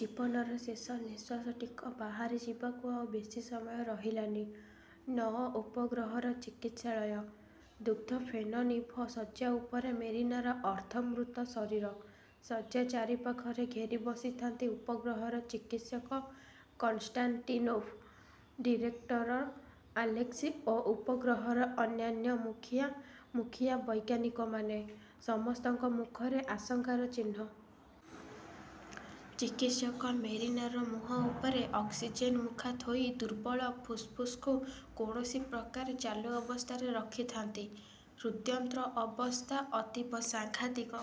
ଜୀବନର ଶେଷ ନିଃଶ୍ୱାସଟିକ ବାହାରିଯିବାକୁ ଆଉ ବେଶି ସମୟ ରହିଲାନି। ନଅ ଉପଗ୍ରହର ଚିକିଛାଳୟ। ଦୁଗ୍ଧଫେନନିଭ ଶଯ୍ୟାଉପରେ ମେରିନାର ଅର୍ଦ୍ଧମୃତ ଶରୀର। ଶଯ୍ୟା ଚାରିପାଖରେ ଘେରି ବସିଥାନ୍ତି ଉପଗ୍ରହର ଚିକିତ୍ସକ କନଷ୍ଟାଣ୍ଟିନୋଭ୍, ଡିରେକଟର ଆଲେକ୍ ଓ ଉପଗ୍ରହର ଅନ୍ୟାନ୍ୟ ମୁଖିଆ ମୁଖିଆ ବୈଜ୍ଞାନିକମାନେ। ସମସ୍ତଙ୍କ ମୁଖରେ ଆଶଙ୍କାର ଚିହ୍ନ। ଚିକିତ୍ସକ ମେରିନାର ମୁହଁଉପରେ ଅକସିଜେନମୁଖା ଥୋଇ ଦୁର୍ବଳ ଫୁସ୍ଫୁସ୍କୁ କୌଣସି ପ୍ରକାରେ ଚାଲୁ ଅବସ୍ଥାରେ ରଖିଥାନ୍ତି। ହୃଦ୍ଯନ୍ତ୍ର ଅବସ୍ଥା ଅତୀବ ସାଘାଂତିକ-।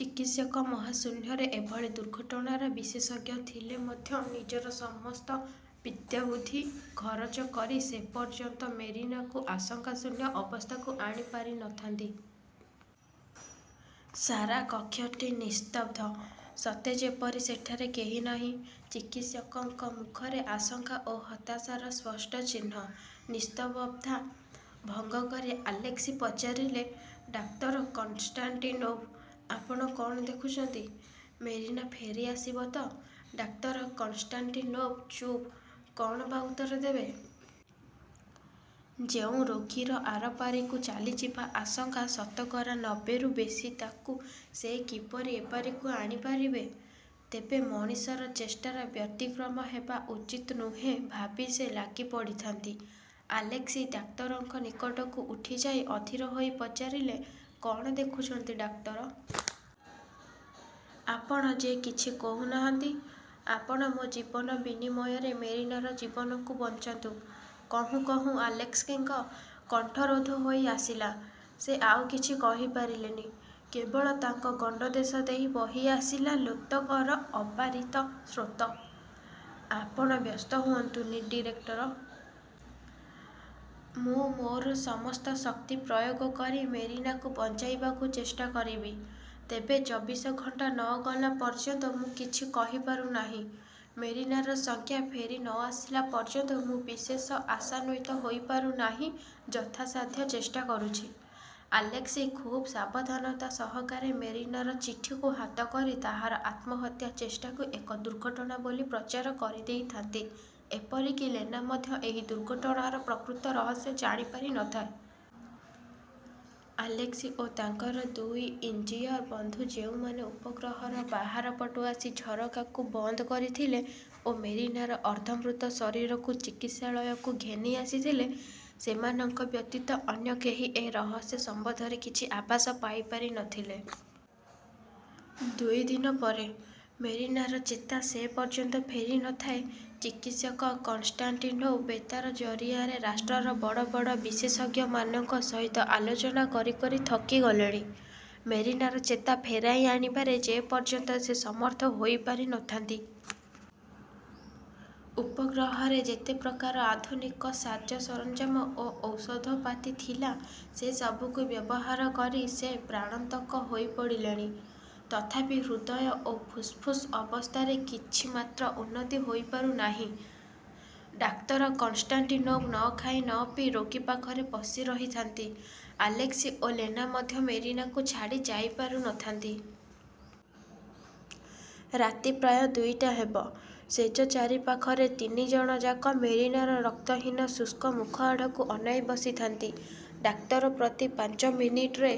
ଚିକିତ୍ସକ ମହାଶୂନ୍ୟରେ ଏଭଳି ଦୁର୍ଘଟଣାର ବିଶେଷଜ୍ଞ ଥିଲେ ମଧ୍ୟ ନିଜର ସମସ୍ତ ବିଦ୍ୟାବୁଦ୍ଧି ଖରଚ କରି ସେ ପର୍ଯ୍ୟନ୍ତ ମେରିନାକୁ ଆଶଙ୍କାଶୂନ୍ୟ ଅବସ୍ଥାକୁ ଆଣି ପାରିନଥାନ୍ତି। ସାରା କକ୍ଷଟି ନିସ୍ତବ୍ଧ; ସତେ ଯେପରି ସେଠାରେ କେହି ନାହିଁ। ଚିକିତ୍ସକଙ୍କ ମୁଖରେ ଆଶଙ୍କା ଓ ହତାଶାର ସ୍ପଷ୍ଟ ଚିହ୍ନ। ନିସ୍ତବଧା ଭଙ୍ଗ କରି ଆଲେକ୍ସି ପଚାରିଲେ–''ଡାକ୍ତର କନଷ୍ଟାଣ୍ଟିନୋଭ୍! ଆପଣ କଣ ଦେଖୁଛନ୍ତି? ମେରିନା ଫେରିଆସିବ ତ? '' ଡାକ୍ତର କନ୍ଷ୍ଟାଣ୍ଟିନୋଭ୍ ଚୁପ୍; କଣ ବା ଉତ୍ତର ଦେବେ? ଯେଉଁ ରୋଗୀର ଆରପାରିକୁ ଚାଲିଯିବା ଆଶଙ୍କା ଶତକରା ନବେରୁ ବେଶି ତାକୁ ସେ କିପରି ଏପାରିକୁ ଆଣିପାରିବେ? ତେବେ ମଣିଷର ଚେଷ୍ଟାର ବ୍ୟତିକ୍ରମ ହେବା ଉଚିତ ନୁହେଁ ଭାବି ସେ ଲାଗିପଡ଼ିଥାନ୍ତି। ଆଲେକ୍ସି ଡାକ୍ତରଙ୍କ ନିକଟକୁ ଉଠିଯାଇ ଅଧୀର ହୋଇ ପଚାରିଲେ, ''କଣ ଦେଖୁଛନ୍ତି ଡାକ୍ଟର? ଆପଣ ଯେ କିଛି କହୁନାହାନ୍ତି? ଆପଣ ମୋ ଜୀବନ ବିନିମୟରେ ମେରିନାର ଜୀବନକୁ ବଞ୍ଚାନ୍ତୁ! '' କହୁଁ କହୁଁ ଆଲେକ୍ସିଙ୍କ କଣ୍ଠରୋଧ ହୋଇଆସିଲା। ସେ ଆଉ କିଛି କହିପାରିଲେନି। କେବଳ ତାଙ୍କ ଗଣ୍ଡଦେଶ ଦେଇ ବହିଆସିଲା ଲୋତକର ଅବାରିତ ସ୍ରୋତ। ''ଆପଣ ବ୍ୟସ୍ତ ହୁଅନ୍ତୁନି ଡିରେକ୍ଟର? ମୁଁ ମୋର ସମସ୍ତ ଶକ୍ତି ପ୍ରୟୋଗ କରି ମେରିନାକୁ ବଞ୍ଚାଇବାକୁ ଚେଷ୍ଟା କରିବି। ତେବେ ଚବିଶ ଘଣ୍ଟା ନ ଗଲା ପର୍ଯ୍ୟନ୍ତ ମୁଁ କିଛି କହିପାରୁନାହିଁ। ମେରିନାର ସଗ୍ୟା ଫେରି ନ ଆସିଲା ପର୍ଯ୍ୟନ୍ତ ମୁଁ ବିଶେଷ ଆଶାନ୍ୱିତ ହୋଇପାରୁନାହିଁ. ଯଥାସାଧ୍ୟ ଚେଷ୍ଟା କରୁଛି। '' ଆଲେକ୍ସି ଖୁବ୍ ସାବଧାନତା ସହକାରେ ମେରିନାର ଚିଠିକୁ ହାତକରି ତାହାର ଆତ୍ମହତ୍ୟା ଚେଷ୍ଟାକୁ ଏକ ଦୁର୍ଘଟଣା ବୋଲି ପ୍ରଚାର କରିଦେଇଥାନ୍ତି; ଏପରିକି ଲେନା ମଧ୍ୟ ଏହି ଦୁର୍ଘଟଣାର ପ୍ରକୃତ ରହସ୍ୟ ଜାଣି ପାରିନଥାଏ। ଆଲେକ୍ସି ଓ ତାଙ୍କର ଦୁଇ ଇଞ୍ଜିୟର ବନ୍ଧୁ ଯେଉଁମାନେ ଉପଗ୍ରହର ବାହାର ପଟୁ ଆସି ଝରକାକୁ ବନ୍ଦ କରିଥିଲେ ଓ ମେରିନାର ଅର୍ଦ୍ଧମୃତ ଶରୀରକୁ ଚିକିତ୍ସାଳୟକୁ ଘେନି ଆସିଥିଲେ, ସେମାନଙ୍କ ବ୍ୟତୀତ ଅନ୍ୟ କେହି ଏ ରହସ୍ୟ ସମ୍ବନ୍ଧରେ କିଛି ଆଭାସ ପାଇପାରି ନ ଥିଲେ। ଦୁଇଦିନ ପରେ। ମେରିନାର ଚେତା ସେପର୍ଯ୍ୟନ୍ତ ଫେରି ନ ଥାଏ। ଚିକିତ୍ସକ କନଷ୍ଟାଣ୍ଟିନୋଭ୍ ବେତାର ଜରିଆରେ ରାଷ୍ଟ୍ରର ବଡ଼ ବଡ଼ ବିଶେଷଜ୍ଞମାନଙ୍କ ସହିତ ଆଲୋଚନା କରି କରି ଥକିଗଲେଣି। ମେରିନାର ଚେତା ଫେରାଇ ଆଣିବାରେ ଯେ ପର୍ଯ୍ୟନ୍ତ ସେ ସମର୍ଥ ହୋଇ ପାରି ନ ଥାନ୍ତି। ଉପଗ୍ରହରେ ଯେତେପ୍ରକାର ଆଧୁନିକ ସାଜ-ସରଞ୍ଜାମ ଓ ଔଷଧପାତି ଥିଲା, ସେ ସବୁକୁ ବ୍ୟବହାର କରି ସେ ପ୍ରାଣନ୍ତକ ହୋଇପଡ଼ିଲେଣି; ତଥାପି ହୃଦୟ ଓ ଫୁସ୍ଫୁସ୍ ଅବସ୍ଥାରେ କିଛି ମାତ୍ର ଉନ୍ନତି ହୋଇପାରୁନାହିଁ। ଡାକ୍ତର କନ୍ଷ୍ଟାଣ୍ଟିନୋଭ୍ ନଖାଇ ନପିଇ ରୋଗୀ ପାଖରେ ବସିରହିଥାନ୍ତି। ଆଲେକ୍ସି ଓ ଲେନା ମଧ୍ୟ ମେରିନାକୁ ଛାଡ଼ି ଯାଇପାରୁ ନ ଥାନ୍ତି। ରାତି ପ୍ରାୟ ଦୁଇଟା ହେବ। ଶେଯ ଚାରିପାଖରେ ତିନିଜଣଯାକ ମେରିନାର ରକ୍ତହୀନ ଶୁଷ୍କ ମୁଖ ଆଡ଼କୁ ଅନାଇ ବସିଥାନ୍ତି। ଡାକ୍ତର ପ୍ରତି ପାଞ୍ଚମିନିଟରେ